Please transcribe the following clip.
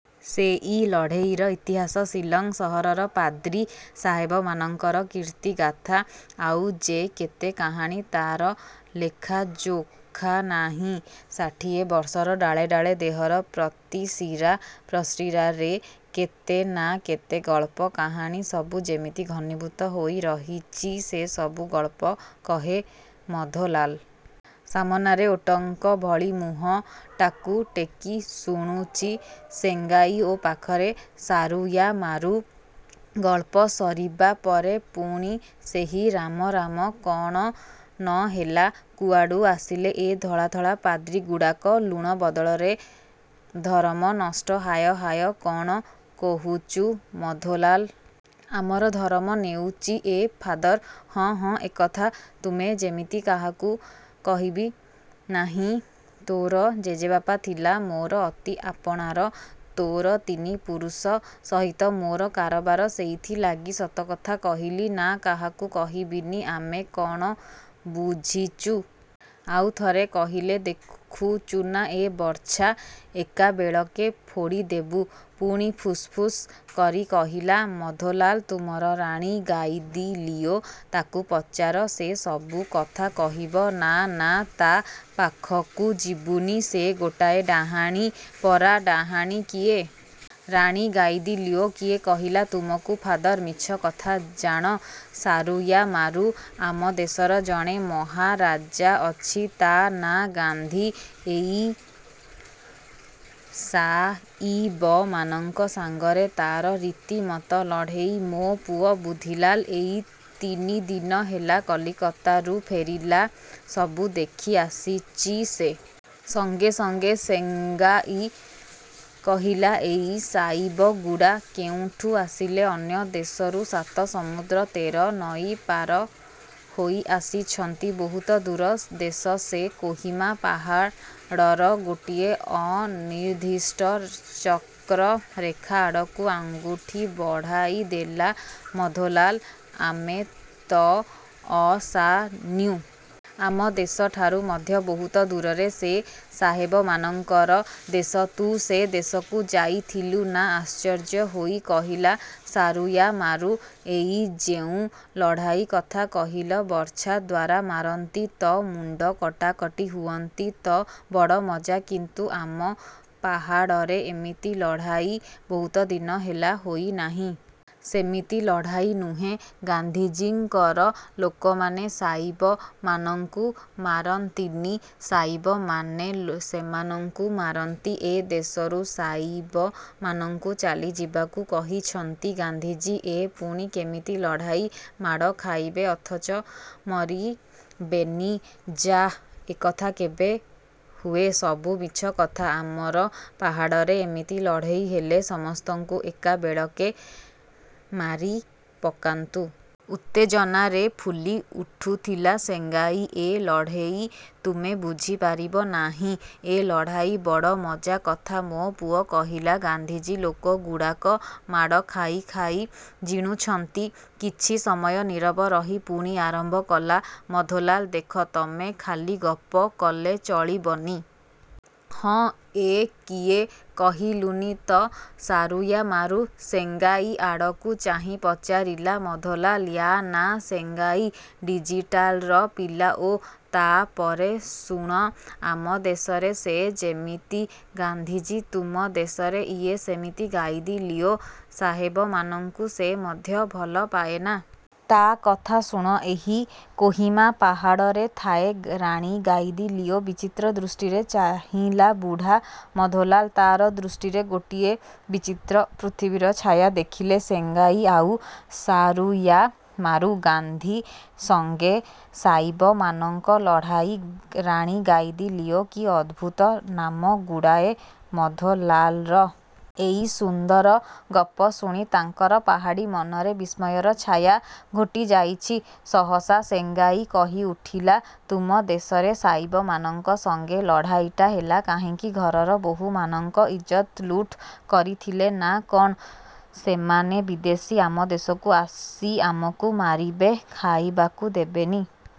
ସେ ହି ଲଢ଼େଇର ଇତିହାସ। ଶିଲଂ ସହରର ପାଦ୍ରୀ ସାହେବମାନଙ୍କର କୀର୍ତ୍ତିଗାଥା। ଆଉ ଯେ କେତେ କାହାଣୀ ତାର ଲେଖାଯୋଖା ନାହିଁ। ଷାଠିଏ ବର୍ଷର ଡ଼ାଳେ ଡ଼ାଳେ, ଦେହର ପ୍ରତି ଶିରା ପ୍ରଶିରାରେ କେତେ ନା କେତେ ଗଳ୍ପ, କାହାଣୀ ସବୁ ଯେମିତି ଘନୀଭୂତ ହୋଇରହିଚି। ସେସବୁ ଗଳ୍ପ କହେ ମଧୋଲାଲ। ସାମନାରେ ଓଟଙ୍କ ଭଳି ମୁହଁଟାକୁ ଟେକି ଶୁଣୁଚି ସେଙ୍ଗାଇ ଓ ପାଖରେ ସାରୁୟାମାରୁ। ଗଳ୍ପ ସରିବା ପରେ ପୁଣି ସେହି ରାମ ରାମ। କ'ଣ ନ ହେଲା। କୁଆଡ଼ୁ ଆସିଲେ ଏ ଧଳା ଧଳା ପାଦ୍ରୀଗୁଡ଼ାକ। ଲୁଣ ବଦଳରେ ଧରମ ନଷ୍ଟ ହାୟ ହାୟ। କଣ କହୁଚୁ ମଧୋଲାଲ। ଆମର ଧରମ ନେଉଚି ଏ ଫାଦର? ହଁ ହଁ, ଏକଥା ତୁମେ ଯେମିତି କାହାକୁ କହିବି ନାହିଁ। ତୋର ଜେଜେବାପା ଥିଲା ମୋର ଅତି ଆପଣାର। ତୋର ତିନି ପୁରୁଷ ସହିତ ମୋର କାରବାର ସେଇଥିଲାଗି ସତକଥା କହିଲି। ନା, କାହାକୁ କହିବିନି। ଆମେ କଣ ବୁଝିଚୁ? ଆଉ ଥରେ କହିଲେ ଦେଖୁଚୁନା ଏ ବର୍ଚ୍ଛା, ଏକାବେଳକେ ଫୋଡ଼ି ଦେବୁ। ପୁଣି ଫୁସ୍ଫୁସ୍ କରି କହିଲା ମଧୋଲାଲ ତୁମର ରାଣୀ ଗାଇଦିଲିଓ ତାକୁ ପଚାର, ସେ ସବୁକଥା କହିବ। ନା, ନା; ତା ପାଖକୁ ଯିବୁନି, ସେ ଗୋଟାଏ ଡାହାଣୀ ପରା। ଡାହାଣୀ କିଏ? ରାଣୀ ଗାଇଦିଲିଓ? କିଏ କହିଲା ତୁମକୁ? ଫାଦର। ମିଛ କଥା। ଜାଣ ସାରୁୟାମାରୁ। ଆମ ଦେଶର ଜଣେ ମହାରାଜା ଅଛି। ତା ନାଁ ଗାନ୍ଧୀ। ଏହି ସାଇବମାନଙ୍କ ସାଙ୍ଗରେ ତାର ରୀତିମତ ଲଢ଼େଇ। ମୋ ପୁଅ ବୁଧିଲାଲ ଏଇ ତିନିଦିନ ହେଲା କଲିକତାରୁ ଫେରିଲା। ସବୁ ଦେଖିଆସିଚି ସେ। ସଙ୍ଗେ ସଙ୍ଗେ ସେଙ୍ଗାଇ କହିଲା ଏଇ ସାଇବଗୁଡ଼ା କେଉଁଠୁ ଆସିଲେ? ଅନ୍ୟ ଦେଶରୁ ସାତ ସମୁଦ୍ର ତେର ନଈ ପାର ହୋଇ ଆସିଛନ୍ତି। ବହୁତ ଦୂର ଦେଶ ସେ। କୋହିମା ପାହାଡ଼ର ଗୋଟିଏ ଅନିର୍ଦ୍ଦିଷ୍ଟ ଚକ୍ରରେଖା ଆଡ଼କୁ ଆଙ୍ଗୁଠି ବଢ଼ାଇଦେଲା ମଧୋଲାଲ। ଆମେ ତ ଅସାନ୍ୟୁ। ଆମ ଦେଶଠାରୁ ମଧ୍ୟ ବହୁତ ଦୂରରେ ସେ ସାହେବମାନଙ୍କର ଦେଶ। ତୁ ସେ ଦେଶକୁ ଯାଇଥିଲୁ? ନାଁ। ଆଶ୍ଚର୍ଯ୍ୟ ହୋଇ କହିଲା ସାରୁୟାମାରୁ ଏଇ ଯେଉଁ ଲଢ଼ାଇ କଥା କହିଲ, ବର୍ଚ୍ଛା ଦ୍ୱାରା ମାରନ୍ତି ତ? ମୁଣ୍ଡ କଟାକଟି ହୁଅନ୍ତି ତ? ବଡ଼ ମଜା। କିନ୍ତୁ ଆମ ପାହାଡ଼ରେ ଏମିତି ଲଢ଼ାଇ ବହୁତ ଦିନ ହେଲା ହୋଇନାହିଁ। ସେମିତି ଲଢ଼ାଇ ନୁହେଁ। ଗାନ୍ଧିଜୀଙ୍କର ଲୋକମାନେ ସାଇବମାନଙ୍କୁ ମାରନ୍ତିନି। ସାଇବମାନେ ସେମାନଙ୍କୁ ମାରନ୍ତି। ଏ ଦେଶରୁ ସାଇବମାନଙ୍କୁ ଚାଲିଯିବାକୁ କହିଛନ୍ତି ଗାନ୍ଧିଜୀ। ଏ ପୁଣି କେମିତି ଲଢ଼ାଇ? ମାଡ଼ ଖାଇବେ ଅଥଚ ମାରିବେନି। ଯାଃ, ଏକଥା କେବେ ହୁଏ? ସବୁ ମିଛ କଥା। ଆମର ପାହାଡ଼ରେ ଏମିତି ଲଢ଼େଇ ହେଲେ ସମସ୍ତଙ୍କୁ ଏକାବେଳକେ ମାରିପକାନ୍ତୁ। ଉତ୍ତେଜନାରେ ଫୁଲି ଉଠୁଥିଲା ସେଙ୍ଗାଇ। ଏ ଲଢ଼େଇ ତୁମେ ବୁଝିପାରିବ ନାହିଁ। ଏ ଲଢ଼ାଇ ବଡ଼ ମଜା କଥା। ମୋ ପୁଅ କହିଲା, ଗାନ୍ଧିଜୀ ଲୋକଗୁଡ଼ାକ ମାଡ଼ ଖାଇ ଖାଇ ଜିଣୁଛନ୍ତି। କିଛି ସମୟ ନୀରବ ରହି ପୁଣି ଆରମ୍ଭ କଲା ମଧୋଲାଲ। ଦେଖ, ତମେ ଖାଲି ଗପ କଲେ ଚଳିବନି। ହଁ, ଏ କିଏ କହିଲୁନି ତ ସାରୁୟାମାରୁ। ସେଙ୍ଗାଇ ଆଡ଼କୁ ଚାହିଁ ପଚାରିଲା ମଧୋଲାଲ। ୟା ନାଁ ସେଙ୍ଗାଇ। ସିଜିଟାର ପିଲା। ଓଃ। ତା ପରେ ଶୁଣ, ଆମ ଦେଶରେ ସେ ଯେମିତି ଗାନ୍ଧିଜୀ, ତୁମ ଦେଶରେ ଇଏ ସେମିତି ଗାଇଦିଲିଓ। ସାହେବମାନଙ୍କୁ ସେ ମଧ୍ୟ ଭଲ ପାଏନା। ତା କଥା ଶୁଣ। ଏହି କୋହିମା ପାହାଡ଼ରେ ଥାଏ ରାଣୀ ଗାଇଦିଲିଓ। ବିଚିତ୍ର ଦୃଷ୍ଟିରେ ଚାହିଁଲା ବୁଢ଼ା ମଧୋଲାଲ। ତାର ଦୃଷ୍ଟିରେ ଗୋଟିଏ ବିଚିତ୍ର ପୃଥିବୀର ଛାୟା ଦେଖିଲେ ସେଙ୍ଗାଇ ଆଉ ସାରୁୟାମାରୁ। ଗାନ୍ଧୀ ସଙ୍ଗେ ସାଇବମାନଙ୍କ ଲଢ଼ାଇ। ରାଣୀ ଗାଇଦିଲିଓ। କି ଅଦ୍ଭୁତ ନାମଗୁଡ଼ାଏ ମଧୋଲାଲର। ଏଇ ସୁନ୍ଦର ଗପ ଶୁଣି ତାଙ୍କର ପାହାଡ଼ୀ ମନରେ ବିସ୍ମୟର ଛାୟା ଘୋଟିଯାଇଛି। ସହସା ସେଙ୍ଗାଇ କହି ଉଠିଲା ତୁମ ଦେଶରେ ସାଇବମାନଙ୍କ ସଙ୍ଗେ ଲଢ଼ାଇଟା ହେଲା କାହିଁକି? ଘରର ବୋହୂମାନଙ୍କ ଇଜ୍ଜତ ଲୁଟ୍ କରିଥିଲେ ନା କଣ? ସେମାନେ ବିଦେଶୀ। ଆମ ଦେଶକୁ ଆସି ଆମକୁ ମାରିବେ, ଖାଇବାକୁ ଦେବେନି।